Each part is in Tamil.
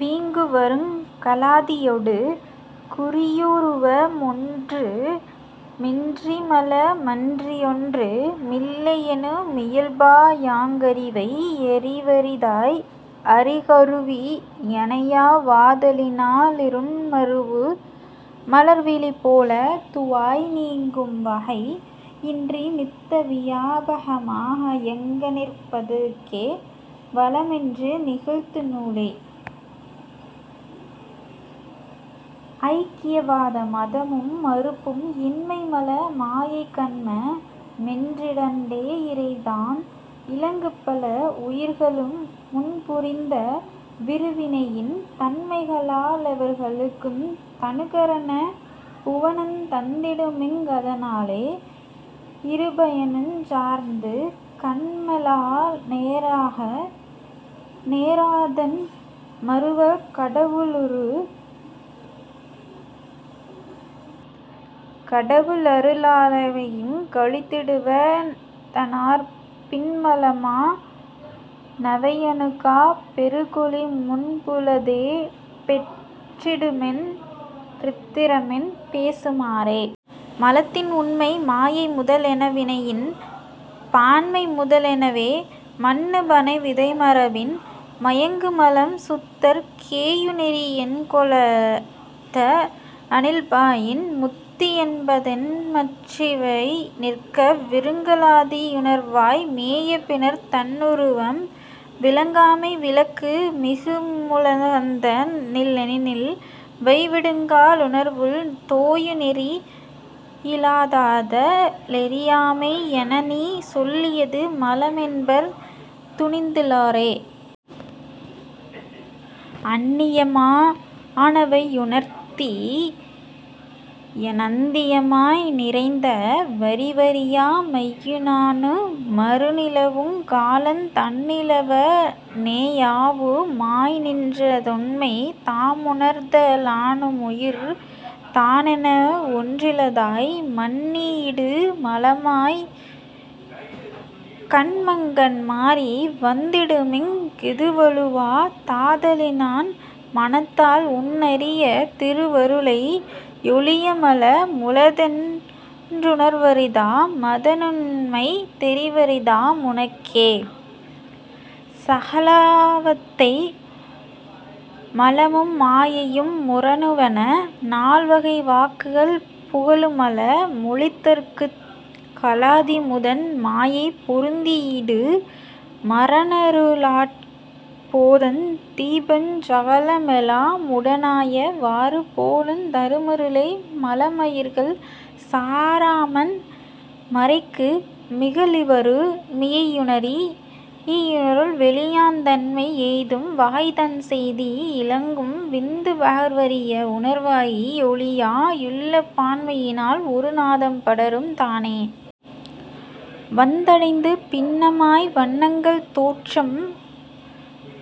வீங்குவருங் கலாதியொடு குறியுருவ மொன்று மின்றிமல மன்றியொன்று மில்லையெனு மியல்பா யாங்கறிவை யறிவரிதாய் அறிகருவி யணையா வாதலினா லிருண்மருவு மலர்விழிபோல துவாய் நீங்கும்வகை யின்றி நித்த வியாபகமா யங்க ணிற்பதுகே வலமென்று நிகழ்த்து நூலே. ஐக்கியவாத மதமும் மறுப்பும் இன்மைமல மாயைகன்ம மென்றிரண்டே யிறைதான் இலங்குபல வுயிர்களு முன்புரிந்த விருவினையின் தன்மைகளா லெவர்களுக்குந் தனுகரண புவனந் தந்திடுமிங் கதனாலே யிருபயனுஞ் சார்ந்து கன்மமெலா நேராக நேராதன் மருவக் கடவுளரு ளாலெவையுங் கழித்திடுவ னதனாற் பின்மலமா னவையணுகா பெருகொளிமுன்புளதே பெற்றிடுமென் றித்திறமென் பேசு மாறே. மலத்தின் உண்மை மாயைமுத லெனவினையின் பான்மைமுதலெனவே மன்னுபனை விதைமரபின் மயங்குமலம் சுத்தற் கேயுநெறி யென்கொலத னியல்பாயின் முத்தி என்பதென்மற் றிவை நிற்க விருங்கலாதி யுணர்வாய் மேய பினர்த் தன்னுருவம் விளங்காமை விளக்கு மிகுமுலகந்த னிலென்னிலி வைவிடுங்கா லுணர்வுள் தோயுநெறி யிலதாத லறியாமை யெனநீ சொல்லியது மலமென்பர் துணிந்து ளோரே. அந்நியமா னவையுணர்த்தி யநந்நியமாய் நிறைந்த வறிவறியா மையினானு மருணிலவுங் காலந் தன்னிலவ னேயாவு மாய்நின்ற தொன்மை தாமுணர்த லானுமுயிர் தானென வொன்றிலதாய் மன்னியிடு மலமாயை கன்மங்கண் மாறி வந்திடுமிங் கிதுவழுவா தாதலினான் மனத்தால் உன்னரிய திருவருளை யொழியமல முளதென் றுணர்வரிதா மதனுண்மை தெரிவரிதா முனக்கே.. சகலாவத்தை மலமும் மாயையும் முரனுவன: நால்வகை வாக்குகள் புகலுமல மொழித்தற்குக் கலாதிமுதன் மாயை பொருந்தியிடு மரனருளாற் போதந் தீபஞ் சகலமெலா முடனாய வாறு போலுந் தருமருளை மலமுயிர்கள் சாராமன் மறைக்கு மிகலிவரு மியையுணரி னிருள்வெளியாந் தன்மை எய்தும் வகை தன்செய்தி யிலங்கும் விந்து பகர்வரிய வுணர்வாகி யொளியா யுள்ளப் பான்மையினால் ஒரு நாதம் படரும் தானே. வந்தடைந்து பின்னமாய் வன்னங்கள் தோற்றம்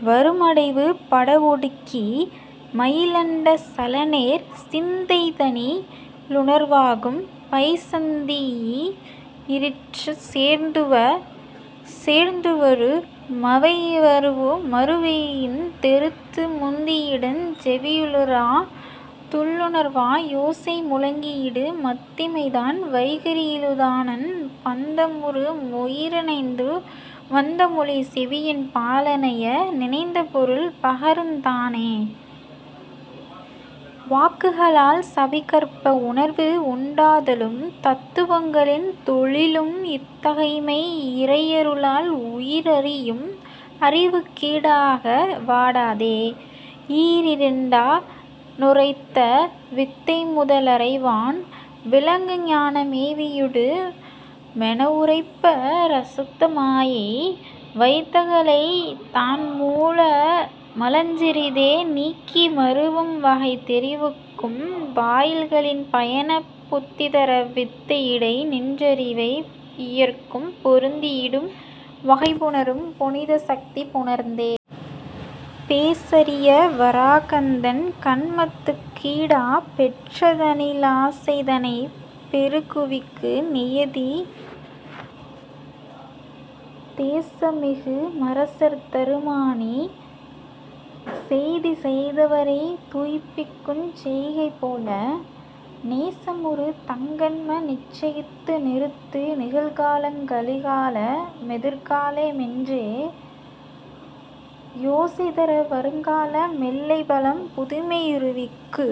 வருமடைவு படவொடுக்கி மயிலண்ட சலநேர் சிந்தைதனி லுணர்வாகும் பைசந்தி யுயிரிற் சேர்ந்துவரு மவைமருவு முருவெவையுந் தெரித்து முந்தியிடுஞ் செவியிலுறா துள்ளணர்வா யோசை முழங்கியிடு மத்திமைதான் வைகரியிலுதானன் பந்தமுறு முயிரணைந்து வந்தமொழி செவியின் பாலணைய நினைந்த பொருள் பகருந் தானே. வாக்குகளால் சவிகற்ப உணர்வு உண்டாதலும் தத்துவங்களின் தொழிலும் இத்தகைமை இறையருளால் உயிரறியும் அறிவுக் கீடாக வாடாதே யீரிரண்டா னுரைத்த வித்தைமுத லைவரான் விளங்கு ஞான மேவியிடு மெனவுரைப்ப ரசுத்த மாயை வைத்தகலை தான்மூல மலஞ்சிறிதே நீக்கி மருவும்வகை தெரிவிக்கும் வாயில்களின் பயனைப் புத்திதர வித்தையிடை நின்றறிவை யுயிர்க்குப் பொருந்தியிடும் வகைபுணரும் புனிதசத்தி புணர்ந்தே. பேசரிய வராகந்தன் கன்மத்துக் கீடாப் பெற்றதனி லாசைதனைப் பெருகுவிக்கு நியதி தேசமிகு மரசர்தரு மாணி செய்தி செய்தவரைத் துய்ப்பிக்குஞ் செய்கை போல நேசமுறு தங்கன்ம நிச்சயித்து நிறுத்து நிகழ்காலங் கழிகால மெதிர்கால மென்றே யோசைதர வருங்கால மெல்லைபலம் புதுமை யுறுவிக்கு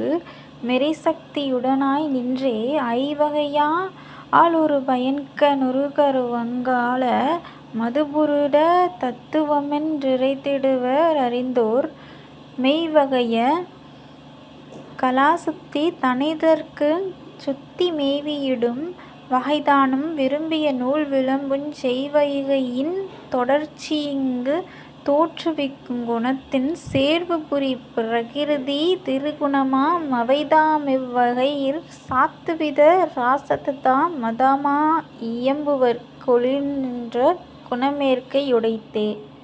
மிறைசக்தி யுடனாய் நின்றே. ஐவகையா லுறுபயன்க ணுகரவருங் கால மதுபுருட தத்துவமென் றறைந்திடுவ ரறிந்தோர் மெய்வகைய கலாசுத்தி தனினிதற்குஞ் சுத்தி மேவியிடும் வகைதானும் விரும்பிய நூல் விளம்புஞ் செய்வகையின் றொடர்ச்சியிங்குத் தோற்றுவிக்குங் குணத்தின் சேர்வுபுரி பிரகிருதி திரிகுணமா மவைதா மிவ்வகையிற் சாத்துவித ராசததா மதமா இயம்புவர்க ளொன்றிரண்டு குணமேற்கை யுடைத்தே.